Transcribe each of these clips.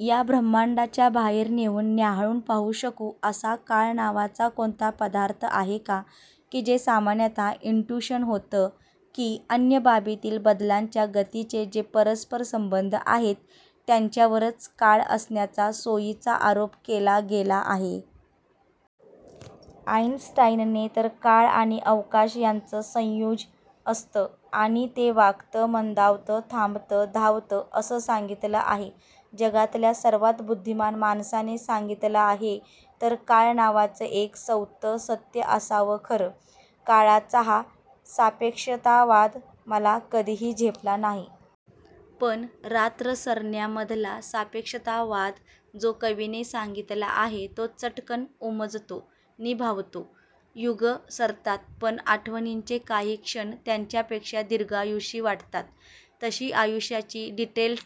या ब्रह्मांडाच्या बाहेर नेऊन न्याहाळून पाहू शकू असा काळ नावाचा कोणता पदार्थ आहे का? कि जे सामान्यतः इंट्यूशन होतं कि अन्य बाबींतील बदलांच्या गतींचे जे परस्परसंबंध आहेत त्यांच्यावरच काळ असण्याचा सोयीचा आरोप केला गेला आहे? आईनस्टाईनने तर काळ आणि अवकाश यांचं संयुज असतं आणि ते वाकतं, मंदावतं, थांबतं, धावतं असं सांगितलं आहे. जगातल्या सर्वात बुद्धिमान माणसाने सांगितलं आहे तर काळ नावाचं एक सवतं सत्य असावं खरं. काळाचा हा सापेक्षतावाद मला कधीही झेपला नाही. पण रात्र सरण्यामधला सापेक्षतावाद जो कवीने सांगितला आहे तो चटकन उमजतो नि भावतो. युगं सरतात पण आठवणींचे काही क्षण त्यांच्यापेक्षा दीर्घायुषी वाटतात. तशी आयुष्याची डिटेल्ड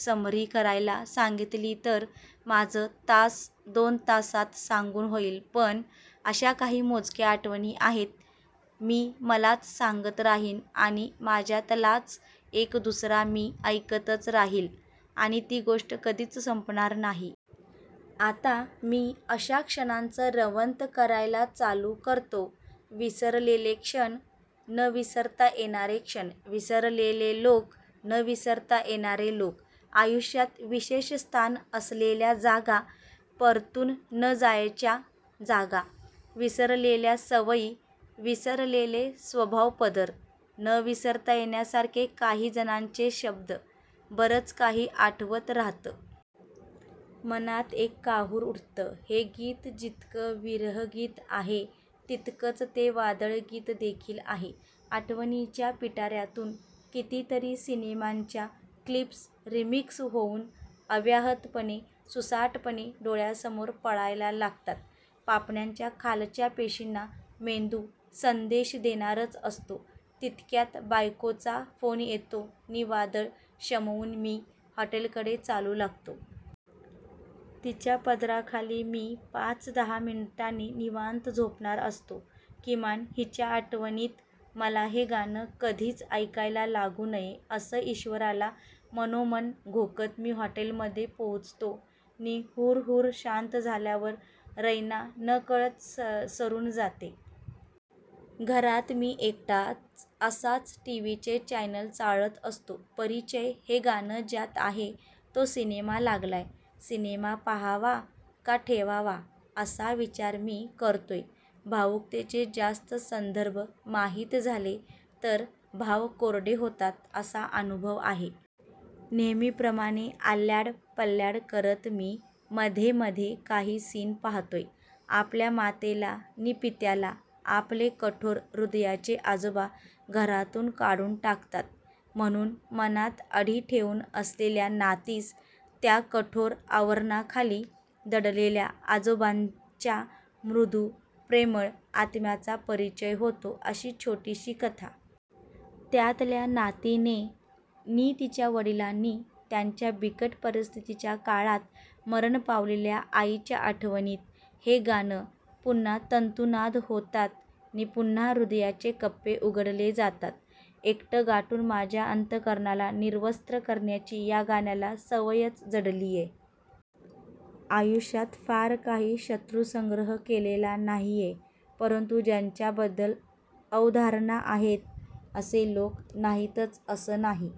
समरी करायला सांगितली तर माझं तास दोन तासांत सांगून होईल, पण अशा काही मोजक्या आठवणी आहेत, मी मलाच सांगत राहीन आणि माझ्यातलाच एक दुसरा मी ऐकतच राहील आणि ती गोष्ट कधीच संपणार नाही. आता मी अशा क्षणांचं रवंथ करायला चालू करतो. विसरलेले क्षण, न विसरता येणारे क्षण, विसरलेले लोक, न विसरता येणारे लोक, आयुष्यात विशेष स्थान असलेल्या जागा, परतून न जायच्या जागा, विसरलेल्या सवयी, विसरलेले स्वभावपदर, न विसरता येण्यासारखे काही जणांचे शब्द, बरंच काही आठवत राहतं. मनात एक काहूर उठतं. हे गीत जितकं विरहगीत आहे तितकंच ते वादळगीत देखील आहे. आठवणींच्या पिटाऱ्यातून कितीतरी सिनेमांच्या क्लिप्स रिमिक्स होऊन अव्याहतपणे सुसाटपणे डोळ्यासमोर पळायला लागतात. पापण्यांच्या खालच्या पेशींना मेंदू संदेश देणारच असतो तितक्यात बायकोचा फोन येतो नि वादळ शमवून मी हॉटेलकडे चालू लागतो. तिच्या पदराखाली मी पाच-दहा मिनिटांनी निवांत झोपणार असतो. किमान हिच्या आठवणींत मला हे गाणं कधीच ऐकायला लागू नये असं ईश्वराला मनोमन घोकत मी हॉटेलमध्ये पोचतो नि हुरहुर शांत झाल्यावर रैना नकळत सरून जाते. घरात मी एकटाच असाच टीव्हीचे चॅनेल चाळत असतो. परिचय, हे गाणं ज्यात आहे तो सिनेमा लागलाय. सिनेमा पाहावा का ठेवावा असा विचार मी करतोय. भावूकतेचे जास्त संदर्भ माहीत झाले तर भाव कोरडे होतात असा अनुभव आहे. नेहमीप्रमाणे आल्याड पल्याड करत मी मधे मधे काही सीन पाहतोय. आपल्या मातेला नि पित्याला आपले कठोर हृदयाचे आजोबा घरातून काढून टाकतात म्हणून मनात अढी ठेवून असलेल्या नातीस त्या कठोर आवरणाखाली दडलेल्या आजोबांच्या मृदू, प्रेमळ आत्म्याचा परिचय होतो अशी छोटीशी कथा! त्यातल्या नातीने नि तिच्या वडिलांनी त्यांच्या बिकट परिस्थितीच्या काळात मरण पावलेल्या आईच्या आठवणीत हे गाणं. पुन्हा तंतुनाद होतात नि पुन्हा हृदयाचे कप्पे उघडले जातात. एकटं गाठून माझ्या अंतःकरणाला निर्वस्त्र करण्याची या गाण्याला सवयच जडलीय. आयुष्यात फार काही शत्रुसंग्रह केलेला नाहीय परंतु ज्यांच्याबद्दल अवधारणा आहेत असे लोक नाहीतच असं नाही.